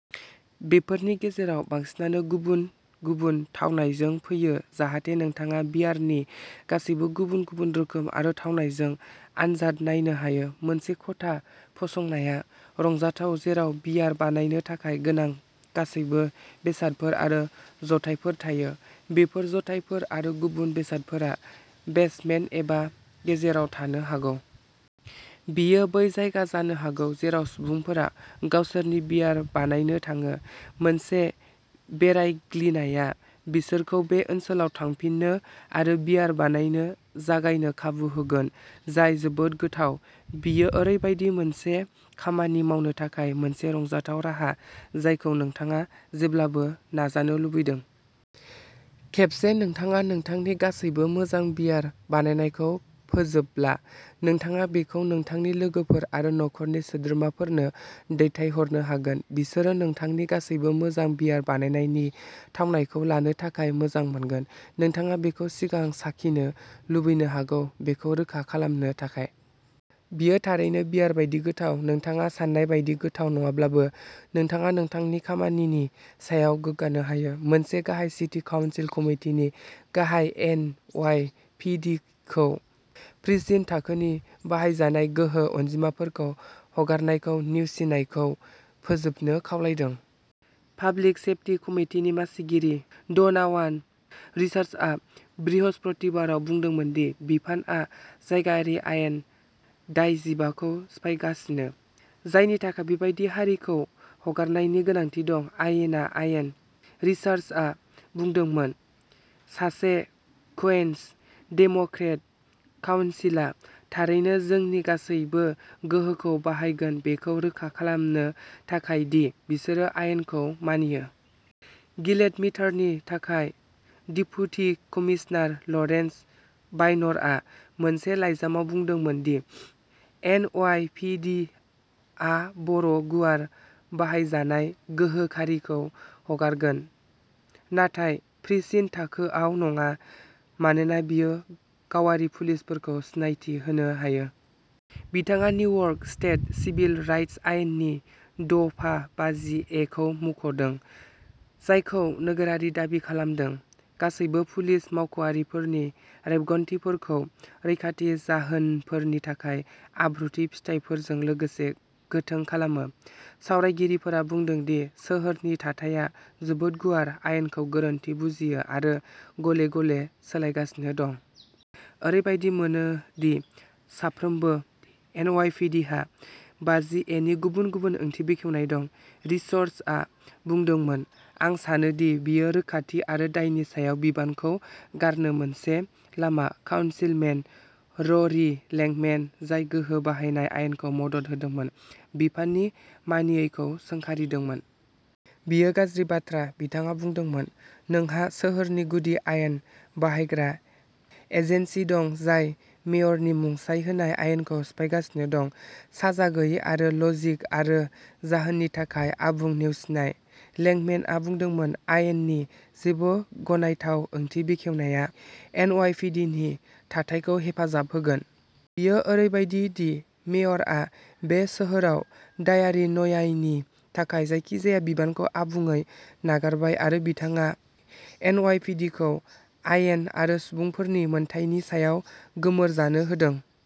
बेफोरनि गेजेराव बांसिनानो गुबुन-गुबुन थावनायजों फैयो जाहाथे नोंथाङा बियारनि गासैबो गुबुन-गुबुन रोखोम आरो थावनायजों आनजाद नायनो हायो। मोनसे खथा फसंनाया रंजाथाव जेराव बियार बानायनो थाखाय गोनां गासैबो बेसादफोर आरो जगायथायफोर थायो। बेफोर जगायथायफोर आरो गुबुन बेसादफोरा बेसमेन्ट एबा गेरेजाव थानो हागौ। बेयो बै जायगा जानो हागौ जेराव सुबुंफोरा गावसोरनि बियार बानायनो थाङो। मोनसे बेरायग्लिनाया बिसोरखौ बे ओनसोलाव थांफिननो आरो बियार बानायनो जागायनो खाबु होगोन जाय जोबोद गोथाव। बेयो ओरैबायदि मोनसे खामानि मावनो थाखाय मोनसे रंजाथाव राहा जायखौ नोंथाङा जेब्लाबो नाजानो लुबैदों। खेबसे नोंथाङा नोंथांनि गासैबो मोजां बियार बानायनायखौ फोजोबब्ला, नोंथाङा बेखौ नोंथांनि लोगोफोर आरो नखरनि सोद्रोमाफोरनो दैथायहरनो हागोन। बिसोरो नोंथांनि गासैबो मोजां बियार बानायनायनि थावनायखौ लानो थाखाय मोजां मोनगोन। नोंथाङा बेखौ सिगां साखिनो लुबैनो हागौ बेखौ रोखा खालामनो थाखाय। बेयो थारैनो बियार बायदि गोथाव। नोंथाङा सान्नाय बायदि गोथाव नङाब्लाबो, नोंथाङा नोंथांनि खामानिनि सायाव गोग्गानो हायो। मोनसे गाहाय सिटी काउन्सिल कमिटिनि गाहाया एन वाइ पि दि खौ प्रिसिन्ट-थाखोनि बाहायजानाय गोहो अनजिमाफोरखौ हगारनायखौ नेवसिनायखौ फोजोबनो खावलायदों। पाब्लिक सेफटि कमितिनि मासिगिरि ड'नावान रिचार्ड्सआ बृहस्पतिबाराव बुंदोंमोन दि बिफानआ जायगायारि आयेन दाइजिबाखौ सिफायगासिनो, जायनि थाखाय बेबादि खारिखौ हगारनायनि गोनांथि दं। "आयेना आयेन", रिचार्ड्सआ बुंदोंमोन, सासे कुइनस डेम'क्रेट। "काउनसिला थारैनो जोंनि गासैबो गोहोखौ बाहायगोन बेखौ रोखा खालामनो थाखाय दि बिसोरो आयेनखौ मानियो।" गिलेट मेटारनि थाखाय डेपुटि कमिसनार लरेन्स बायर्नआ मोनसे लाइजामाव बुंदोंमोन the N Y P D आ बर' गुवार बाहायजानाय गोहो खारिखौ हगारगोन, नाथाय प्रिसिन्ट थाखोआव नङा मानोना बेयो गावारि पुलिसफोरखौ सिनायथि होनो हायो। बिथाङा निउयर्क स्टेट सिभिल राइटस आयेननि दफा बाजि ए खौ मुंख'दों, जायखौ नोगोरा दाबि खालामदों। गासैबो पुलिस मावख'आरिफोरनि रेबगान्थिफोरखौ रैखाथि जाहोनफोरनि थाखाय आब्रुथि फिथायफोरजों लोगोसे गोथों खालामो। सावरायगिरिफोरा बुंदों दि सोहोरनि थाथाया जोबोद गुवार, आयेनखौ गोरोन्थि बुजियो आरो गले-गले सोलायगासिनो दं। "ओरैबायदि मोनो दि सानफ्रोमबो, एनवाईपीडीहा बाजि-ए नि गुबुन-गुबुन ओंथि बेखेवनाय दं", रिचर्ड्सआ बुंदोंमोन। "आं सानो दि बेयो रोखाथि आरो दायनि सायाव बिबानखौ गारनो मोनसे लामा।" काउनसिलमेन र'री लेंकमेन, जाय गोहो बाहायनाय आयेनखौ मदद होदोंमोन, बिफाननि मानियैखौ सोंखारिदोंमोन। "बेयो गाज्रि बाथ्रा", बिथाङा बुंदोंमोन। "नोंहा सोहोरनि गुदि आयेन बाहायग्रा एजेन्सि दं जाय मेयरनि मुंसाइ होनाय आयेनखौ सिफायगासिनो दं, साजा गैयै आरो लजिक आरो जाहोननि थाखाय आबुं नेवसिनाय।" लेंकमेनआ बुंदोंमोन "आयेननि जेबो गनायथाव ओंथि बेखेवनाया" एनवाईपीडीनि थाथायखौ हेफाजाब होगोन। "बेयो ओरैबादि दि मेयरआ बे सोहोराव दायारि न्यायनि थाखाय जायखिजाया बिबानखौ आबुङै नागारबाय आरो बिथाङा एनवाईपीडीखौ आयेन आरो सुबुंफोरनि मोनथायनि सायाव गोमोर जानो होदों।